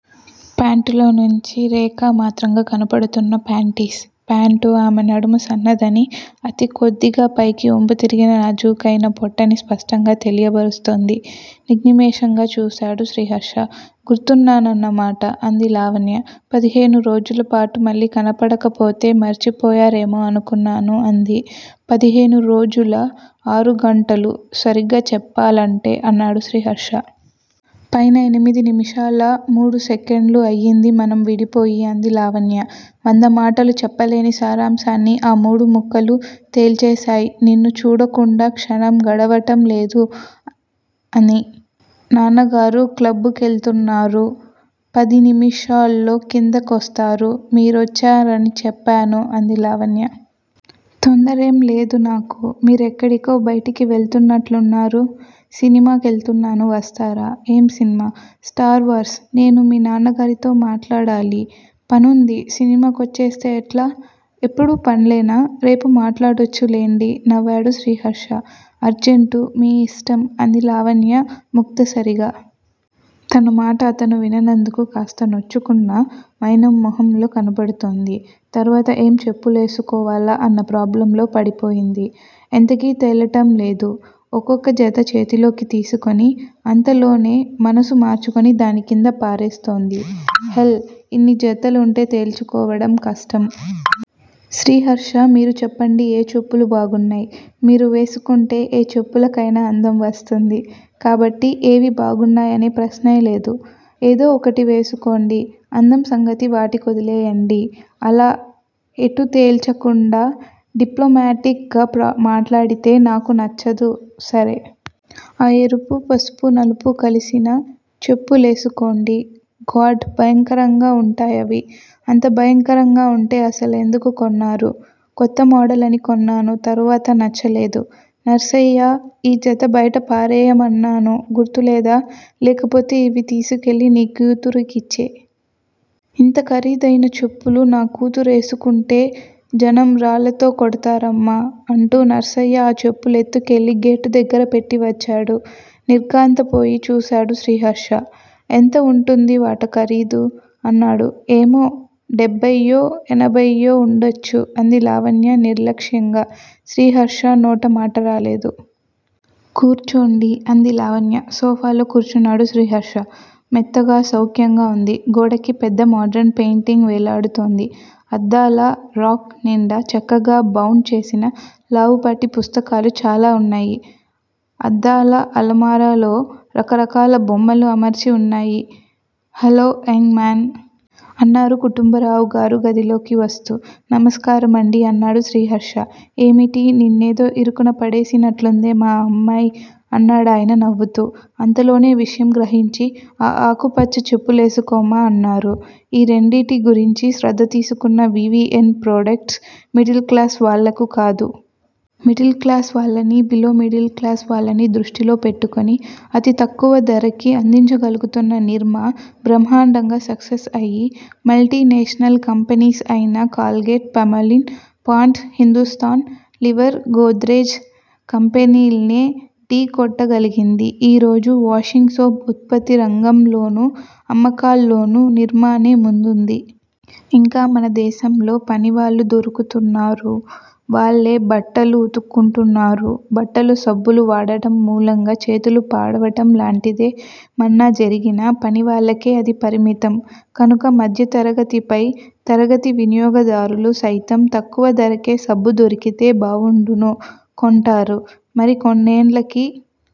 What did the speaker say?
పాంటులో నుంచి రేఖా మాత్రంగా కనబడుతున్న పాంటిస్. పాంటు ఆమె నడుము సన్నదని, అతి కొద్దిగా పైకి ఒంపు తిరిగిన నాజుకైనా పొట్టని స్పష్టంగా తెలియబరుస్తోంది. నిర్నిమేషంగా చూశాడు శ్రీహర్ష. గుర్తున్నామన్నమాట? అంది లావణ్య. పదిహేను రోజులపాటు మళ్ళీ కనబడకపోతే మర్చిపోయారేమో అనుకున్నాను. అంది. పదిహేను రోజుల ఆరుగంటలు- సరిగ్గా చెప్పాలంటే అన్నాడు శ్రీహర్ష. పైన ఎనిమిది నిమిషాల మూడు సెకండ్లు అయింది- మనం విడిపోయి అంది లావణ్య. వంద మాటలు చెప్పలేని సారాంశాన్ని ఆ మూడు ముక్కలూ తెల్చేశాయ్ నిన్ను చూడకుండా క్షణం గడవటం లేదు అని. నాన్నగారు క్లబ్బుకెళుతున్నారు. పదనిమిషాల్లో కింది కోస్తారు. మిరోచ్చారని చెప్పాను అంది లావణ్య. తొందరేం లేదు నాకు. మిరేక్కడికో బయటికి వెళుతున్నట్లున్నారు? సినిమా కెళుతున్నాను వస్తారా? ఏం సినిమా? స్టార్ వార్స్ నేను మీ న్నాన్నగారితో మాట్లాడాలి. పనుంది సినిమా కొచ్చేస్తే ఎట్లా? ఎప్పుడూ పన్లెనా? రేపు మాట్లాడొచ్చు లెండి! నవ్వాడు శ్రీహర్ష. అర్జెంటు మీ ఇష్టం! అంది లావణ్య ముక్తసరిగా. తన మాట అతను విననందుకు కాస్త నొచ్చుకున్న వైనం మోహంలో కనబడుతోంది. తర్వాత ఏం చెప్పులేసుకోవాలా అన్న ప్రాబ్లెంలో పడిపోయింది. ఎంతకీ తేలటం లేదు. ఒక్కొక్కో జతా చేతిలోకి తీసుకుని, అంతలోనే మనసు మార్చుకుని దాన్ని కింద పారేస్తోంది. హెల్! ఇన్ని జతలుంటే తేల్చుకోవడం కష్టం. శ్రీహర్షా! మీరు చెప్పండి ఏ చెప్పులు బాగున్నాయ్? మీరు వేసుకుంటే ఏ చెప్పులకైన అందం వస్తుంది. కాబట్టి ఏవి బాగున్నాయనే ప్రశ్నే లేదు. ఏదో ఒకటి వేసేసుకొండి. అందం సంగతి వాటి కోదిలేయ్యండి. అలా ఎటూ తేల్చకుండా డిప్లమాటిక్ గా మాట్లాడితే నాకు నచ్చదు. సరే! ఆ ఎరుపూ, పసుపూ, నలుపూ కలిసిన చెప్పు లేసుకోండి. గాడ్? భయంకరంగా ఉంటాయవి. అంత భయంకరంగా ఉంటె అసలెందుకు కొన్నారు? కొత్త మోడల్ అని కొన్నాను. తర్వాత నచ్చలేదు. నర్సయ్యా ఈ జత బయట పారేయ్యమన్నాను గుర్తులేదా? లేకపోతే ఇవి తీసుకెళ్ళి నీ కూతురు కిచ్చెయ్. ఇంత ఖరీదైన చెప్పులు నా కూతురేసుకుంటే జనం రాళ్ళతో కొడతారమ్మా! అంటూ నర్సయ్య ఆ చెప్పులు ఎత్తుకెళ్ళి గేటు దగ్గర పెట్టి వచ్చాడు. నిర్ఘాంతపోయి చూశాడు శ్రీహర్ష. ఎంత ఉంటుంది వాటి ఖరీదు? అన్నాడు. ఏమో! డెబ్బయ్యో, ఎనభయ్యో ఉండొచ్చు. అంది లావణ్య నిర్లక్ష్యంగా. శ్రీహర్ష నోట మాటరాలేదు. కూర్చోండి. అంది లావణ్య. సోఫాలో కూర్చున్నాడు శ్రీహర్ష. మెత్తగా సౌఖ్యంగా ఉంది. గోడకి పెద్ద మోడర్న్ పెయింటింగ్ వేలాడుతోంది. అద్దాల రాక్ నిండా చక్కగా బౌండ్ చేసిన లావుపాటి పుస్తకాలు చాలా ఉన్నాయి. అద్దాల అలమారాలో రకరకాల బొమ్మలు అమర్చి ఉన్నాయి. Hello young man! అన్నారు కుటుంబరావుగారు గదిలోకి వస్తూ. నమస్కారమండి! అన్నాడు శ్రీహర్ష. ఏమిటి? నిన్నేదో ఇరుకున పడేసినట్లుందే మా అమ్మాయ్? అన్నాడాయన నవ్వుతూ. అంతలోనే విషయం గ్రహించి, ఆ ఆకుపచ్చ చెప్పులేసుకొమ్మా అన్నారు. ఈ రెండింటి గురించి శ్రద్ధ తీసుకున్న V. V. N. Products middle class వాళ్ళకు కాదు. మిడిల్ క్లాస్ వాళ్ళని, బిలో మిడిల్ క్లాస్ వాళ్ళనీ దృష్టిలో పెట్టుకొని అతి తక్కువ ధరకి అందించగలుగుతున్న నిర్మా బ్రహ్మాండంగా సక్సెస్ అయి మల్టీ నేషనల్ కంపెనీస్ అయిన Colgate Palmolive Pond's Hindustan Lever Godrej కంపెనీల్నే ఢీ కొట్టగలిగింది. ఈ రోజు వాషింగ్ సోప్ ఉత్పత్తి రంగంలోనూ అమ్మకాల్లోనూ నిర్మానే ముందుంది. ఇంకా మనదేశంలో పనివాళ్ళు దొరుకుతున్నారు- వాళ్ళే బట్టలు ఉతుకుతుంటారు. బట్టల సబ్బులు వాడడం మూలంగా చేతులు పాడవటం లాంటిదే మన్నా జరిగినా- పనివాళ్ళకే అది పరిమితం. కనుక మధ్యతరగతి పై తరగతి వినియోగదారులు సైతం తక్కువ ధరకే సబ్బు దొరికితే బావుండను కొంటారు. మరి కొన్నేండ్లకి